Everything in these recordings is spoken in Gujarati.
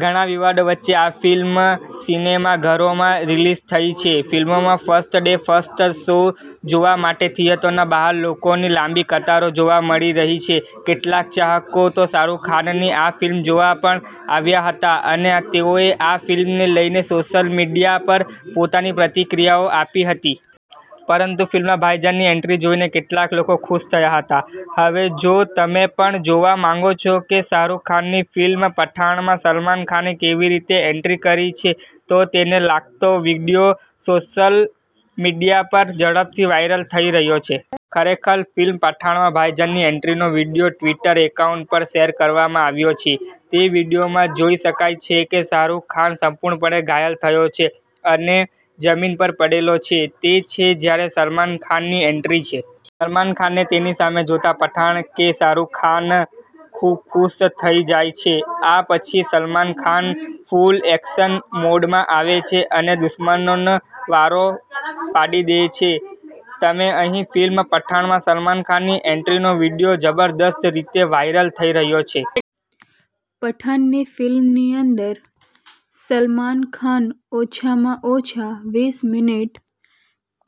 ઘણા વિવાદો વચ્ચે આ ફિલ્મ સિનેમાઘરોમાં રિલીઝ થઈ છે. ફિલ્મનો ફર્સ્ટ ડે ફર્સ્ટ શો જોવા માટે થિયેટરોની બહાર લોકોની લાંબી કતારો જોવા મળી રહી છે. કેટલાક ચાહકો તો શાહરૂખ ખાનની આ ફિલ્મ જોવા પણ આવ્યા હતા અને તેઓએ આ ફિલ્મને લઈને સોશિયલ મીડિયા પર પોતાની પ્રતિક્રિયાઓ આપી હતી. પરંતુ ફિલ્મમાં ભાઈજાનની એન્ટ્રી જોઈને કેટલાક લોકો ખુશ થયા હતા. હવે જો તમે પણ જોવા માંગો છો કે શાહરૂખ ખાનની ફિલ્મ પઠાણમાં સલમાન ખાને કેવી રીતે એન્ટ્રી કરી છે, તો તેને લગતો વીડિયો સોશિયલ મીડિયા પર ઝડપથી વાયરલ થઈ રહ્યો છે. ખરેખર, ફિલ્મ પઠણમાં ભાઇજનની એન્ટ્રીનો વિડિઓ ટ્વિટર એકાઉન્ટ પર શેર કરવામાં આવ્યો છે. તે વિડિઓમાં જોઇ શકાય છે કે શાહરૂખ ખાન સંપૂર્ણપણે ઘાયલ થયો છે અને જમીન પર પડેલો છે. તે છે જ્યારે સલમાન ખાનની એન્ટ્રી છે. સલમાન ખાનને તેની સામે જોતા, પઠાણ એટલે કે શાહરૂખ ખાન ખૂબ ખુશ થઈ જાય છે. આ પછી ,સલમાન ખાન ફૂલ એક્શન મોડમાં આવે છે અને તે દુશ્મનોનો વારો પાડી દે છે. તમે અહીં ફિલ્મ પઠાણમાં સલમાન ખાનની એન્ટ્રીનો વિડીયો જબરદસ્ત રીતે વાયરલ થઇ રહ્યો છે. પઠાણની ફિલ્મની અંદર, સલમાન ખાન ઓછામાં ઓછા વીસ મિનિટ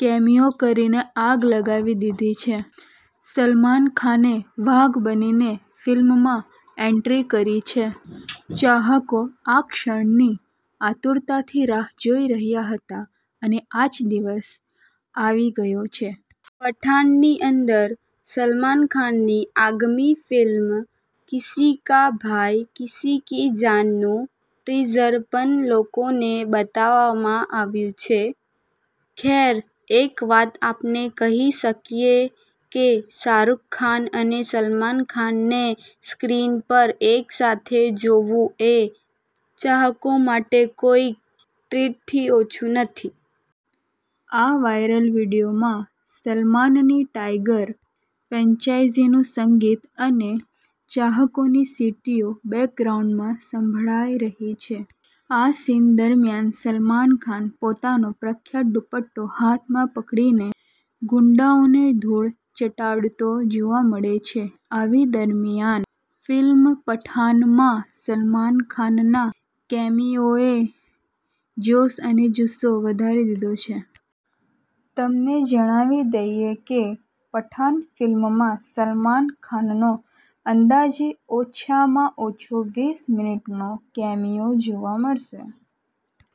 કેમિયો કરીને આગ લગાવી દીધી છે. સલમાન ખાને વાઘ બનીને ફિલ્મમાં એન્ટ્રી કરી છે. ચાહકો આ ક્ષણની આતુરતાથી રાહ જોઈ રહ્યા હતા અને આજે દિવસ આવી ગયો છે. પઠાણની અંદર સલમાન ખાનની આગામી ફિલ્મ કિસી કા ભાઈ કિસી કી જાનનું ટીઝર પણ લોકોને બતાવવામાં આવ્યું છે. ખેર, એક વાત આપણે કહી શકીએ કે શાહરૂખ ખાન અને સલમાન ખાનને સ્ક્રીન પર એકસાથે જોવું એ ચાહકો માટે કોઈ ટ્રીટથી ઓછું નથી. આ વાયરલ વિડીયોમાં સલમાનની ટાઈગર ફ્રેન્ચાઈઝીનું સંગીત અને ચાહકોની સીટીઓ બેકગ્રાઉન્ડમાં સંભળાય રહી છે. આ સીન દરમિયાન સલમાન ખાન પોતાનો પ્રખ્યાત દુપટ્ટો હાથમાં પકડીને ગુંડાઓને ધૂળ ચતાડતો જોવા મળે છે. આવી દરમિયાન ફિલ્મ પઠાનમાં સલમાન ખાનના કેમિયોએ જોશ અને જુસ્સો વધારી દીધો છે. તમને જણાવી દઈએ કે પઠાન ફિલ્મમાં સલમાન ખાનનો અંદાજે ઓછામાં ઓછો વીસ મિનિટનો કેમિયો જોવા મળશે.